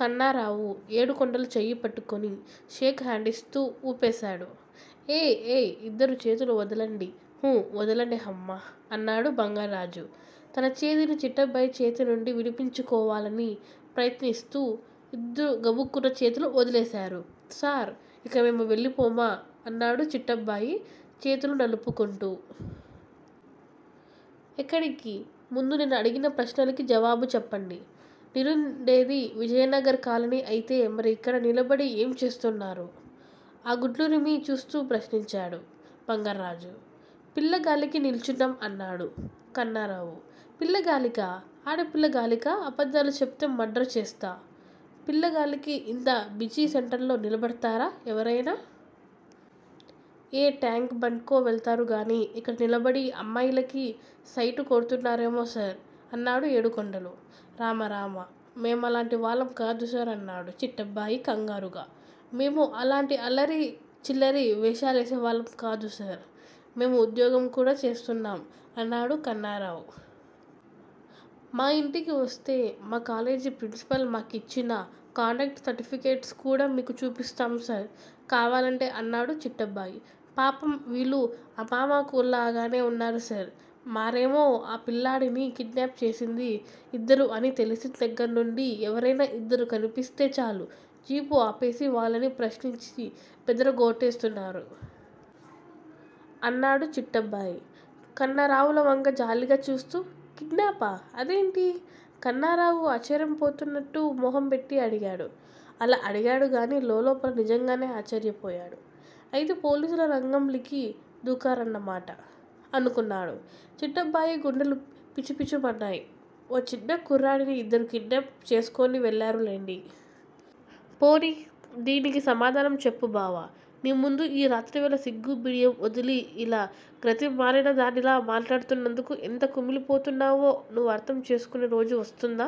కన్నారావు ఏడుకొండలు చెయ్యిపట్టుకుని షేక్ హండిస్తూ ఊపేశాడు. ఏయ్ ఏయ్ ఇద్దరూ చేతులు వదలండి. ఊ వదలండి హమ్మ! అన్నాడు బంగార్రాజు తన చేతిని చిట్టబ్బాయి చేతి నుండి విడిపించుకోవాలని ప్రయత్నిస్తూ. ఇద్దరూ గబుక్కున చేతులు వదిలేశారు. సార్! ఇక మేము వెళ్ళిపోమా? అన్నాడు చిట్టబ్బాయి చేతులు నలుపు కుంటూ. ఎక్కడికి? ముందు నేను అడిగిన ప్రశ్నలకి జవాబు చెప్పండి. నిరుండేది విజయనగర్ కాలని అయితే మరి ఇక్కడ నిలబడి ఏం చేస్తున్నారు? ఆ గుడ్లురిమి చూస్తూ ప్రశ్నించాడు బంగార్ర్రాజు. పిల్లగాలికి నిల్చున్నాం అన్నాడు కన్నారావు. పిల్లగాలికా ఆడపిల్లగాలికా? అబద్ధాలు చెప్తే మర్డరు చేస్తా. పిల్లగాలికి ఇంత బిజీ సెంటర్లో నిలబడ్తారా ఎవర్తెనా? ఏ ట్యాంక్ బండ్ కో వెళ్తారుగాని ఇక్కడ నిలబడి అమ్మాయిలకి స్తేటు కొడ్తున్నారేమో సార్! అన్నాడు ఏడుకొండలు. రామ రామ. మేమలాంటివాళ్ళం కాదు సార్ అన్నాడు చిట్టబ్బాయి కంగారుగా. మేము అలాంటి అల్లరి చిల్లరి వేషాలేసేవాళ్ళం కాదు సార్. మేము ఉద్యగం కూడా చేస్తున్నాం అన్నాడు కన్నరావ్. మా ఇంటికి వస్తే మా కాలేజి ప్రిన్సిపాల్ మాకిచ్చిన కాండక్ట్ సర్టిఫికెట్స్ కూడా మీకు చూపిస్తాం సార్ కావాలంటే అన్నాడు చిట్టబ్బాయి. పాపం. వీళ్ళు అమామకుల్లాగానే ఉన్నారు సార్. మారేమో ఆ పిల్లాడిని కిడ్నాప్ చేసింది ఇద్దరు అని తెలిసిందగ్గర్నుండి ఎవర్తెనా ఇద్దరు కనిపిస్తే చాలు జీపు ఆపేసి వాళ్ళని ప్రశ్నించి బెదరగోట్టేస్తున్నారు. అన్నాడు చిట్టబ్బాయి కన్నరావుల వంక జాలిగా చూస్తూ. కిడ్నాపా? అదేంటి? కన్నారావు ఆశ్చర్యంపోతున్నాట్టు మొహం పెట్టి అడిగాడు. అలా అడిగాడుగాని లోలోపల నిజంగానే ఆశ్చర్యపోయాడు. అయితే పోలీసులు రంగంలికి దూకారన్నమాట! అనుకున్నాడు. చిట్టబ్బాయి గుండెలు పిచుపిచుమన్నాయ్. ఓ చిన్న కుర్రాడిని ఇద్దరు కిడ్నాప్ చేస్కుని వెళ్ళారులెండి. పోనీ దీనికి సమాధానం చెప్పుబావా! నీ ముందు ఈ రాత్రివేళ సిగ్గూ, బిడియం వదిలి ఇలా గ్రతిమాలినదానిలా మాట్లాడుతున్నందుకు ఎంత కుమిలిపోతున్నానో, నువ్వు అర్థం చేసుకునే రోజు వస్తుందా?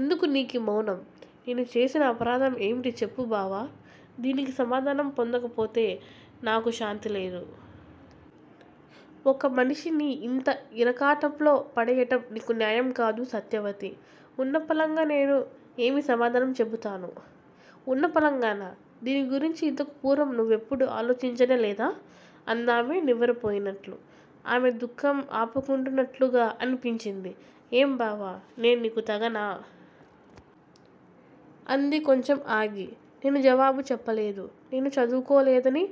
ఎందుకు నీకీ మౌనం? నేను చేసిన అపరాధం ఏమిటి చెప్పు బావా! దీనికి సమాధానం పొందకపోతే నాకు శాంతిలేదు. ఒక మనిషిని ఇంత ఇరకాటంలో పడెయ్యటం నీకు న్యాయం కాదు సత్యవతీ! ఉన్నపళంగా నేను ఏమి సమాధానం చెబుతాను? ఉన్నపళంగానా? దీన్ని గురించి ఇంతకు పూర్వం నువ్వెప్పుడూ ఆలోచించనే లేదా? అందామె నివ్వెరపోయినట్లు. ఆమె దుఃఖం ఆపుకుంటున్నట్లుగా అనిపించింది. ఏం బావా! నేను నీకు తగనా? అంది కొంచెం ఆగి. నేను జవాబు చెప్పలేదు. నేను చదువుకోలేదని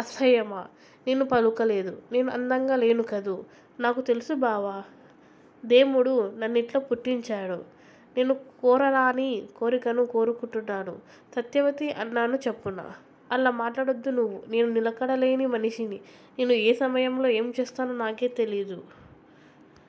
అసహ్యమా? నేను పలుకలేదు. నేను అందంగా లేనుకదూ! నాకు తెలుసుబావా! దేముడు నన్నిట్లా పుట్టించాడు. నేను కోరరాని కోరికను కోరుకుంటున్నాను. సత్యవతీ! అన్నాను చప్పున. అలా మాట్లాడొద్దు నువ్వు. నేను నిలకడలేని మనిషిని. నేను ఏ సమయంలో ఏంచేస్తానో నాకే తెలీదు.